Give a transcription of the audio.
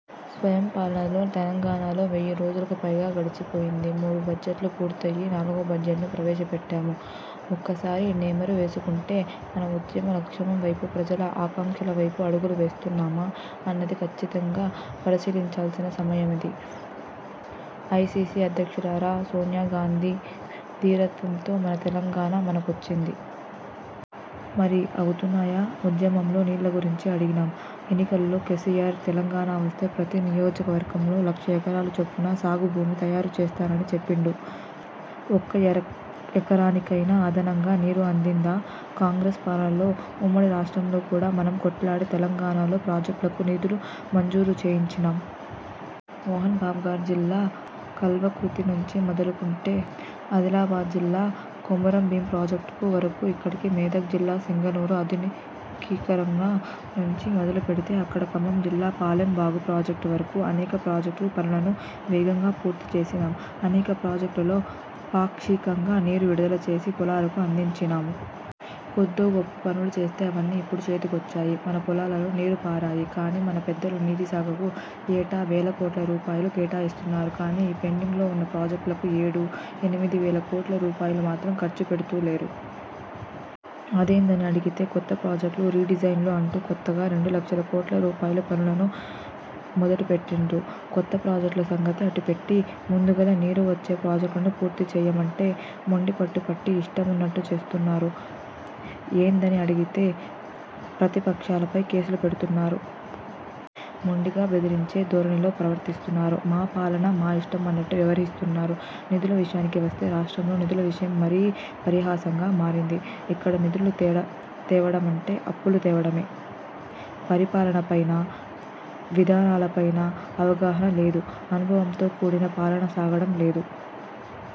స్వయం పాలనలో తెలంగాణలో వెయ్యి రోజులకు పైగా గడిచిపోయింది. మూడు బడ్జెట్లు పూర్తయి నాలుగో బడ్జెట్ను ప్రవేశపెట్టాము. ఒక్కసారి నెమరు వేసుకుంటే మన ఉద్యమ లక్ష్యం వైపు, ప్రజల ఆకాంక్షలవైపు అడుగులు వేస్తున్నామా? అన్నది ఖచ్చితంగా పరిశీలించాల్సిన సమయమిది. ఏఐసీసీ అధ్యక్షురాలు సోనియాగాంధీ ధీరత్వంతో మన తెలంగాణ మనకొచ్చింది. మరి అవుతున్నాయా? ఉద్యమంలో నీళ్ల గురించి అడిగినం, ఎన్నికలలో కేసీఆర్ తెలంగాణ వస్తే ప్రతి నియోజకవర్గంలో లక్ష ఎకరాల చొప్పున సాగు భూమి తయారుచేస్తనని చెప్పిండు. ఒక్క ఎకరానికైనా అదనంగా నీరు అందిందా? కాంగ్రెస్ పాలనలో ఉమ్మడి రాష్ట్రంలో కూడా మనం కొట్లాడి తెలంగాణలో ప్రాజెక్టులకు నిధులు మంజూరు చేయించినం. మహబూబ్నగర్ జిల్లా కల్వకుర్తి నుంచి మొదలుకొంటే ఆదిలాబాద్ జిల్లా కొమురం భీమ్ ప్రాజెక్టు వరకు ఇక్కడ మెదక్ జిల్లా సింగూరు ఆధునికీకరణ నుంచి మొదలుపెడితే అక్కడ ఖమ్మం జిల్లా పాలెం వాగు ప్రాజెక్టు వరకు అనేక ప్రాజెక్టు పనులను వేగంగా పూర్తి చేసినం. అనేక ప్రాజెక్టులలో పాక్షికంగా నీరు విడుదల చేసి పొలాలకు అందించినం. కొద్దో గొప్పో పనులు చేస్తే అవన్నీ ఇప్పుడు చేతికొచ్చి మన పొలాలల్ల నీరు పారేవి. కానీ మన పెద్దలు నీటి శాఖకు ఏటా వేల కోట్ల రూపాయలు కేటాయిస్తన్నరు కానీ ఈ పెండింగ్లో ఉన్న ప్రాజెక్టులకు ఏడు, ఎనిమిది వేల కోట్ల రూపాయలు మాత్రం ఖర్చు పెడుత లేరు. అదేందని అడిగితే కొత్త ప్రాజెక్టులు, రీ డిజైన్లు అంటూ కొత్తగా రెండు లక్షల కోట్ల రూపాయలు పనులను మొదలు పెట్టిండ్రు. కొత్త ప్రాజెక్టుల సంగతి అటు పెట్టి ముందుగాల నీరు వచ్చే ప్రాజెక్టులను పూర్తి చేయమంటే మొండి పట్టు పట్టి ఇష్టమున్నట్టు చేస్తున్నరు. ఏందని అడిగితే ప్రతిపక్షాలపై కేసులు పెడుతున్నరు. మొండిగా బెదిరించే ధోరణిలో ప్రవర్తిస్తున్నరు. మా పాలన, మా ఇష్టం అన్నట్టు వ్యవహరిస్తున్నారు. నిధుల విషయానికి వస్తే రాష్ట్రంలో నిధుల విషయం మరీ పరిహాసంగా మారింది. ఇక్కడ నిధులు తేవడమంటే అప్పులు తేవడమే. పరిపాలనపైన, విధానాలపైన అవగాహన లేదు, అనుభవంతో కూడిన పాలన సాగడం లేదు.